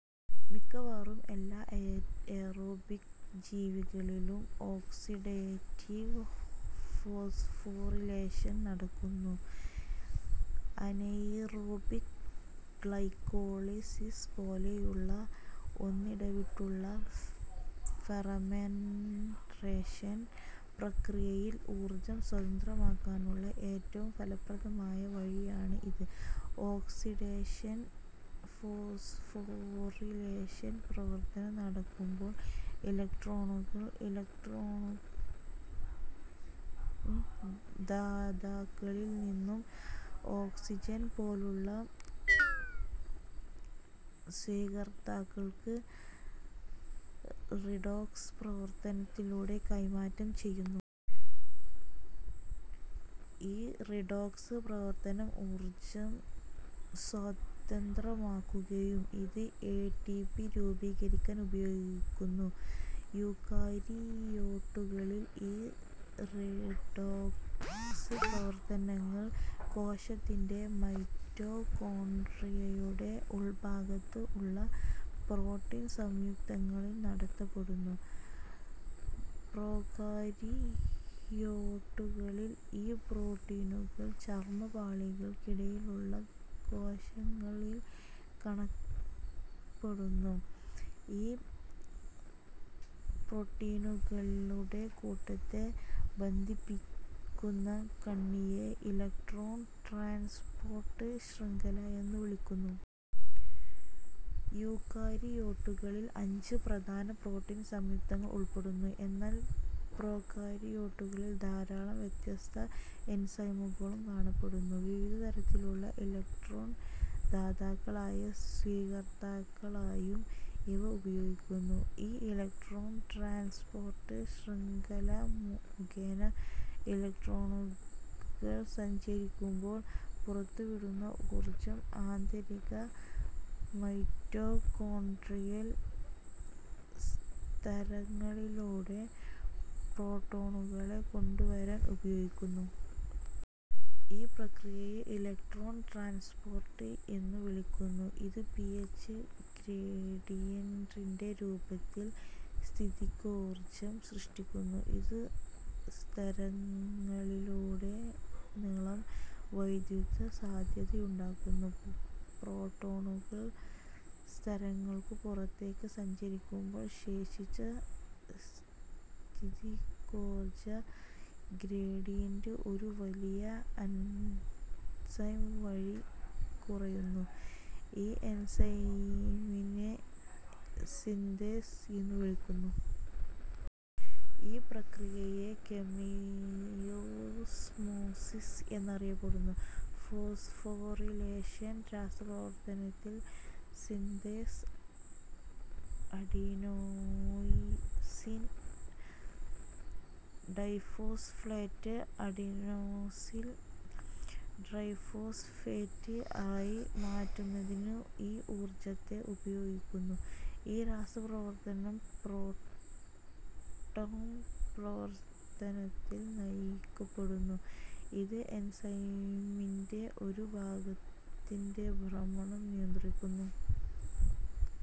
മിക്കവാറും എല്ലാ എയറോബിക് ജീവികളിലും ഓക്സിഡേറ്റീവ് ഫോസ്ഫോറിലേഷൻ നടക്കുന്നു. അനെയ്റോബിക് ഗ്ലൈക്കോളിസിസ് പോലെയുള്ള ഒന്നിടവിട്ടുള്ള ഫെർമെൻറേഷൻ പ്രക്രിയയിൽ ഊർജ്ജം സ്വതന്ത്രമാക്കാനുള്ള ഏറ്റവും ഫലപ്രദമായ വഴിയാണ് ഇത്. ഓക്സിഡേഷൻ ഫോസ്ഫോറിലേഷൻ പ്രവർത്തനം നടക്കുമ്പോൾ, ഇലക്ട്രോണുകൾ ഇലക്ട്രോൺ ദാതാക്കളിൽ നിന്നും ഓക്സിജൻ പോലുള്ള സ്വീകർത്താക്കൾക്ക് റിഡോക്സ് പ്രവർത്തനത്തിലൂടെ കൈമാറ്റം ചെയ്യുന്നു. ഈ റിഡോക്സ് പ്രവർത്തനം ഊർജ്ജം സ്വതന്ത്രമാക്കുകയും, ഇത് എ. ടി. പി. രൂപീകരിക്കാൻ ഉപയോഗിക്കുന്നു. യൂക്കാരിയോട്ടുകളിൽ, ഈ റിഡോക്സ് പ്രവർത്തനങ്ങൾ കോശത്തിന്റെ മൈറ്റോകോൺട്രിയയുടെ ഉൾഭാഗത്ത് ഉള്ള പ്രോട്ടീൻ സംയുക്തങ്ങളിൽ നടത്തപ്പെടുന്നു. പ്രോകാരിയോട്ടുകളിൽ, ഈ പ്രോട്ടീനുകൾ ചർമ്മപാളികൾക്കിടയിലുള്ള കോശങ്ങളിൽ കാണപ്പെടുന്നു. ഈ പ്രോട്ടീനുകളുടെ കൂട്ടത്തെ ബന്ധിപ്പിക്കുന്ന കണ്ണിയെ ഇലക്ട്രോൺ ട്രാൻസ്പോർട്ട് ശൃംഖല എന്നു വിളിക്കുന്നു. യൂക്കാരിയോട്ടുകളിൽ, അഞ്ച് പ്രധാന പ്രോട്ടീൻ സംയുക്തങ്ങൾ ഉൾപ്പെടുന്നു, എന്നാൽ പ്രോകാരിയോട്ടുകളിൽ ധാരാളം വ്യത്യസ്ത എൻസൈമുകളും കാണപ്പെടുന്നു, വിവിധതരത്തിലുള്ള ഇലക്ട്രോൺ ദാതാക്കളായും സ്വീകർത്താക്കളായും ഇവ ഉപയോഗിക്കുന്നു. ഈ ഇലക്ട്രോൺ ട്രാൻസ്പോർട്ട് ശൃംഖല മുഖേന ഇലക്ട്രോണുകൾ സഞ്ചരിക്കുമ്പോൾ പുറത്തുവിടുന്ന ഊർജ്ജം ആന്തരിക മൈറ്റോകോൺട്രിയൽ സ്തരങ്ങളിലൂടെ പ്രോട്ടോണുകളെ കൊണ്ടുവരാൻ ഉപയോഗിക്കുന്നു. ഈ പ്രക്രിയയെ ഇലക്ട്രോൺ ട്രാൻസ്പോർട്ട് എന്നു വിളിക്കുന്നു. ഇത് പി. എച്ച് ഗ്രേഡിയൻറിന്റെ രൂപത്തിൽ സ്ഥിതികോർജ്ജം സൃഷ്ടിക്കുന്നു. ഇത് സ്തരങ്ങളിലുടനീളം വൈദ്യുത സാധ്യതയുണ്ടാക്കുന്നു. പ്രോട്ടോണുകൾ സ്തരങ്ങൾക്കു പുറത്തേക്ക് സഞ്ചരിക്കുമ്പോൾ, ശേഷിച്ച സ്ഥിതികോർജ്ജ ഗ്രേഡിയന്റ് ഒരു വലിയ എൻസൈം വഴി കുറയുന്നു. ഈ എൻസൈമിനെ സിന്തേസ് എന്നുവിളിക്കുന്നു. ഈ പ്രക്രിയയെ കെമിയോസ്മോസിസ് എന്നറിയപ്പെടുന്നു. ഫോസ്ഫോറിലേഷൻ രാസപ്രവർത്തനത്തിൽ synthase adenosine diphosphate adenosine triphosphate ആയി മാറ്റുന്നതിന് ഈ ഊർജ്ജത്തെ ഉപയോഗിക്കുന്നു. ഈ രാസപ്രവർത്തനം പ്രോട്ടോൺ പ്രവാഹത്താൽ പ്രവർത്തനത്തെ നയിക്കപ്പെടുന്നു. ഇത് എൻസൈമിൻറെ ഒരു ഭാഗത്തിന്റെ ഭ്രമണം നിയന്ത്രിക്കുന്നു.